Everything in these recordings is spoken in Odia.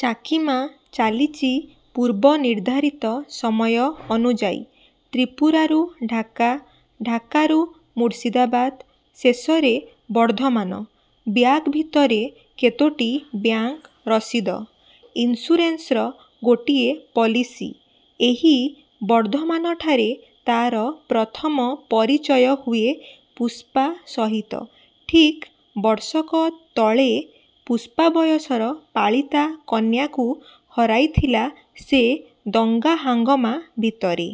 ଚାକୀମା ଚାଲିଚି ପୂର୍ବନିଦ୍ଧାରିତ ସମୟ ଅନୁଯାୟୀ। ତ୍ରିପୁରାରୁ ଢାକା, ଢାକାରୁ ମୁର୍ସିଦାବାଦ୍, ଶେଷରେ ବର୍ଦ୍ଧମାନ। ବ୍ୟାଗ ଭିତରେ କେତୋଟି ବ୍ୟାଙ୍କ ରସିଦ। ଇନ୍ସୁରାନ୍ସର ଗୋଟିଏ ପଲିସି। ଏହି ବର୍ଦ୍ଧମାନଠାରେ ତାର ପ୍ରଥମ ପରିଚୟ ହୁଏ ପୁଷ୍ପା ସହିତ। ଠିକ୍ ବର୍ଷକ ତଳେ ପୁଷ୍ପାବୟସର ପାଳିତା କନ୍ୟାକୁ ହରାଇଥିଲା ସେ ଦଙ୍ଗାହାଙ୍ଗମା ଭିତରେ।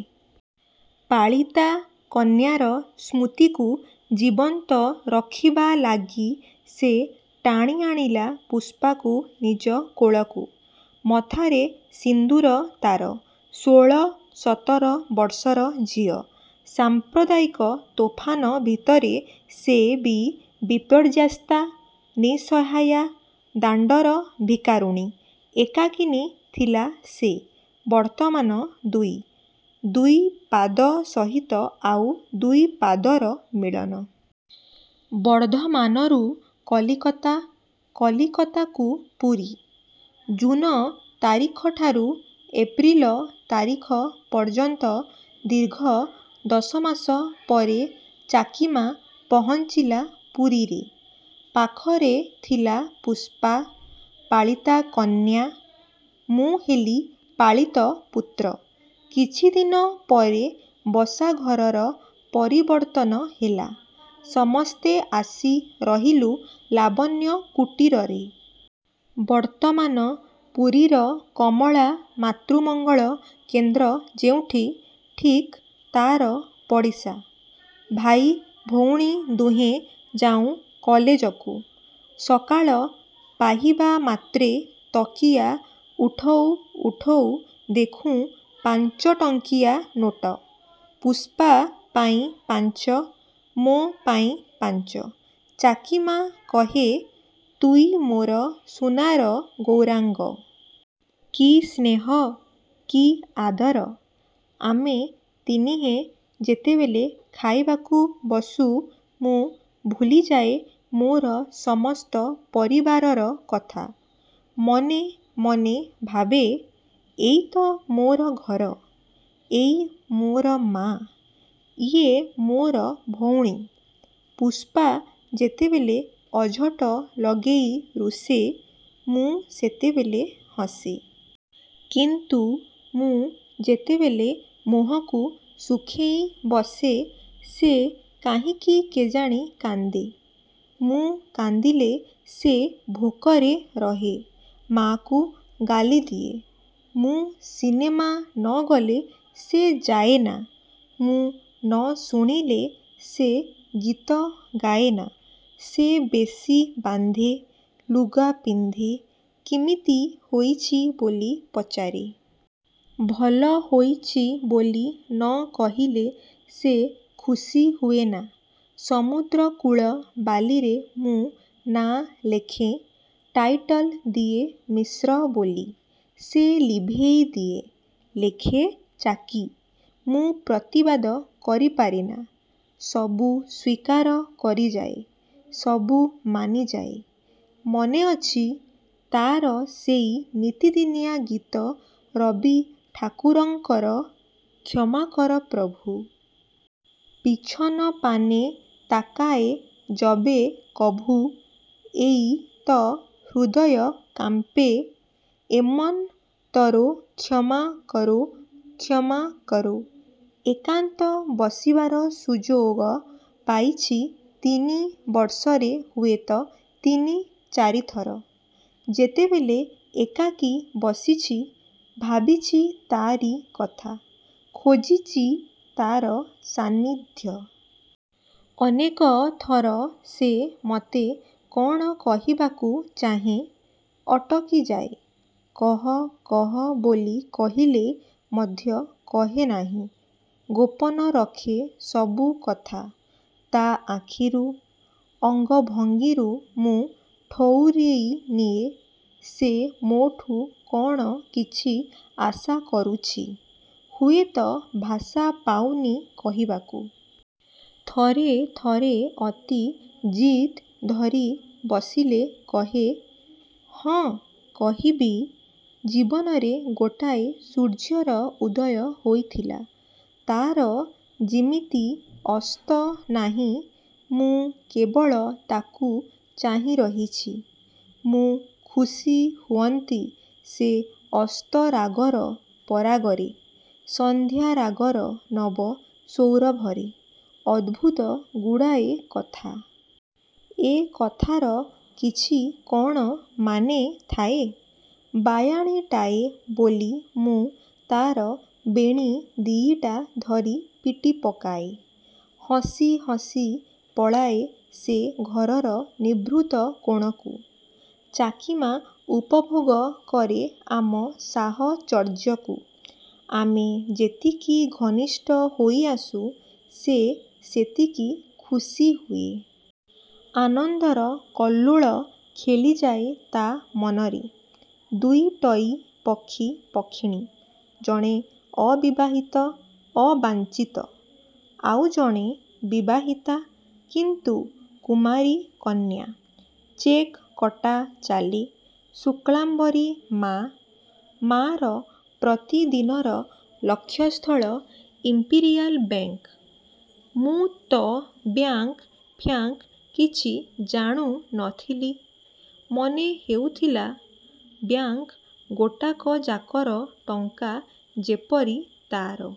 ପାଳିତା କନ୍ୟାର ସ୍ମୃତିକୁ ଜୀବନ୍ତ ରଖିବା ଲାଗି ସେ ଟାଣିଆଣିଲା ପୁଷ୍ପାକୁ ନିଜ କୋଳକୁ। ମଥାରେ ସିନ୍ଦୁର ତାର। ଷୋଳ ସତର ବର୍ଷର ଝିଅ। ସାମ୍ପ୍ରଦାୟିକ ତୋଫାନ ଭିତରେ ସେ ବି ବିପର୍ଯ୍ୟାସ୍ତା, ନିଃସହାୟା, ଦାଣ୍ଡର ଭିକାରୁଣୀ। ଏକାକିନୀ ଥିଲା ସେ। ବର୍ତ୍ତମାନ ଦୁଇ। ଦୁଇ ପାଦ ସହିତ ଆଉ ଦୁଇ ପାଦର ମିଳନ। ବର୍ଦ୍ଧମାନରୁ କଲିକତା, କଲିକତାକୁ ପୁରୀ। ଜୁନ ତାରିଖଠାରୁ ଏପ୍ରିଲ ତାରିଖ ପର୍ଯ୍ୟନ୍ତ ଦୀର୍ଘ ଦଶମାସ ପରେ ଚାକୀମା ପହଞ୍ଚିଲା ପୁରୀରେ। ପାଖରେ ଥିଲା ପୁଷ୍ପା, ପାଳିତା କନ୍ୟା, ମୁଁ ହେଲି ପାଳିତ ପୁତ୍ର। କିଛିଦିନ ପରେ ବସାଘରର ପରିବର୍ତ୍ତନ ହେଲା। ସମସ୍ତେ ଆସି ରହିଲୁ ଲାବଣ୍ୟକୁଟୀରରେ। ବର୍ତ୍ତମାନ ପୁରୀର କମଳା ମାତୃମଙ୍ଗଳ କେନ୍ଦ୍ର ଯେଉଁଠି, ଠିକ୍ ତାର ପଡ଼ିଶା। ଭାଇ ଭଉଣୀ ଦୁହେଁ ଯାଉ କଲେଜକୁ। ସକାଳ ପାହିବାମାତ୍ରେ ତକିଆ ଉଠଉ ଉଠଉ ଦେଖୁ ପାଞ୍ଚଟଙ୍କିଆ ନୋଟ। ପୁଷ୍ପା ପାଇଁ ପାଞ୍ଚ, ମୋ ପାଇଁ ପାଞ୍ଚ। ଚାକୀମା କହେ, ତୁଇ ମୋର ସୁନାର ଗୌରାଙ୍ଗ। କି ସ୍ନେହ, କି ଆଦର! ଆମେ ତିନିହେଁ ଯେତେବେଳେ ଖାଇବାକୁ ବସୁ ମୁଁ ଭୁଲିଯାଏ ମୋର ସମସ୍ତ ପରିବାରର କଥା। ମନେ ମନେ ଭାବେ; ଏଇ ତ ମୋର ଘର, ଏଇ ମୋର ମା, ଇଏ ମୋର ଭଉଣୀ। ପୁଷ୍ପା ଯେତେବେଳେ ଅଝଟ ଲଗେଇ ରୁଷେ, ମୁଁ ସେତେବେଳେ ହସେ। କିନ୍ତୁ ମୁଁ ଯେତେବେଳେ ମୁହଁକୁ ଶୁଖେଇ ବସେ, ସେ କାହିଁକି କେଜାଣି କାନ୍ଦେ। ମୁଁ କାନ୍ଦିଲେ ସେ ଭୋକରେ ରହେ, ମା'କୁ ଗାଳିଦିଏ। ମୁଁ ସିନେମା ନ ଗଲେ ସେ ଯାଏନା। ମୁଁ ନ ଶୁଣିଲେ ସେ ଗୀତ ଗାଏନା। ସେ ବେଶୀ ବାନ୍ଧେ, ଲୁଗା ପିନ୍ଧେ, କିମିତି ହୋଇଛି ବୋଲି ପଚାରେ। ଭଲ ହୋଇଛି ବୋଲି ନ କହିଲେ ସେ ଖୁସି ହୁଏନା। ସମୁଦ୍ରକୂଳ ବାଲିରେ ମୁଁ ନାଁ ଲେଖେ, ଟାଇଟଲ୍ ଦିଏ ମିଶ୍ର ବୋଲି। ସେ ଲିଭେଇଦିଏ, ଲେଖେ ଚାକୀ। ମୁଁ ପ୍ରତିବାଦ କରିପାରେନା, ସବୁ ସ୍ୱୀକାର କରିଯାଏ, ସବୁ ମାନିଯାଏ। ମନେ ଅଛି, ତାର ସେଇ ନିତିଦିନିଆ ଗୀତ ରବି ଠାକୁରଙ୍କର- ''କ୍ଷମା କର ପ୍ରଭୁ! ପିଛନପାନେ ତାକାଏ ଯବେ କଭୁ। ଏଇ ତ ହୃଦୟ କାମ୍ପେ ଏମନ୍ ତରୋ କ୍ଷମା କରୋ, କ୍ଷମା କରୋ। '' ଏକାନ୍ତ ବସିବାର ସୁଯୋଗ ପାଇଛି ତିନି ବର୍ଷରେ ହୁଏତ ତିନି ଚାରିଥର। ଯେତେବେଳେ ଏକାକୀ ବସିଛି, ଭାବିଛି ତାରି କଥା। ଖୋଜିଚି ତାର ସାନ୍ନିଧ୍ୟ। ଅନେକ ଥର ସେ ମତେ କ'ଣ କହିବାକୁ ଚାହେଁ, ଅଟକିଯାଏ। କହ କହ ବୋଲି କହିଲେ ମଧ୍ୟ କହେ ନାହିଁ, ଗୋପନ ରଖେ ସବୁ କଥା। ତା ଆଖିରୁ, ଅଙ୍ଗଭଙ୍ଗୀରୁ ମୁଁ ଠଉରେଇନିଏ, ସେ ମୋଠୁ କ'ଣ କିଛି ଆଶା କରୁଛି। ହୁଏତ ଭାଷା ପାଉନି କହିବାକୁ। ଥରେ ଥରେ ଅତି ଜିଦ୍ ଧରି ବସିଲେ କହେ-''ହଁ କହିବି, ଜୀବନରେ ଗୋଟାଏ ସୂର୍ଯ୍ୟର ଉଦୟ ହୋଇଥିଲା, ତାର ଯିମିତି ଅସ୍ତ ନାହିଁ, ମୁଁ କେବଳ ତାକୁ ଚାହିଁରହିଛି। ମୁଁ ଖୁସି ହୁଅନ୍ତି ସେ ଅସ୍ତରାଗର ପରାଗରେ, ସନ୍ଧ୍ୟାରାଗର ନବ ସୌରଭରେ। '' ଅଦ୍ଭୁତ ଗୁଡ଼ାଏ କଥା। ଏ କଥାର କିଛି କ'ଣ ମାନେ ଥାଏ? ବାୟାଣୀଟାଏ ବୋଲି ମୁଁ ତାର ବେଣୀ ଦିଇଟା ଧରି ପିଟି ପକାଏ। ହସି ହସି ପଳାଏ ସେ ଘରର ନିଭୃତ କୋଣକୁ। ଚାକୀମା ଉପଭୋଗ କରେ ଆମ ସାହଚର୍ଯ୍ୟକୁ। ଆମେ ଯେତିକି ଘନିଷ୍ଠ ହୋଇଆସୁ, ସେ ସେତିକି ଖୁସି ହୁଏ। ଆନନ୍ଦର କଲ୍ଲୋଳ ଖେଳିଯାଏ ତା ମନରେ। ଦୁଇଟଇ ପକ୍ଷୀ ପକ୍ଷିଣୀ। ଜଣେ ଅବିବାହିତ, ଅବାଞ୍ଚିତ। ଆଉ ଜଣେ ବିବାହିତା, କିନ୍ତୁ କୁମାରୀ କନ୍ୟା। ଚେକ୍ କଟା ଚାଲେ। ଶୁକ୍ଳାମ୍ବରୀ ମା। ମା'ର ପ୍ରତିଦିନର ଲକ୍ଷ୍ୟସ୍ଥଳ ଇମ୍ପିରିୟାଲ ବ୍ୟାଙ୍କ୍-। ମୁଁ ତ ବ୍ୟାଙ୍କ ଫ୍ୟାଙ୍କ୍ କିଛି ଜାଣୁ ନ ଥିଲି। ମନେ ହେଉଥିଲା ବ୍ୟାଙ୍କ୍ ଗୋଟାକଯାକର ଟଙ୍କା ଯେପରି ତାର।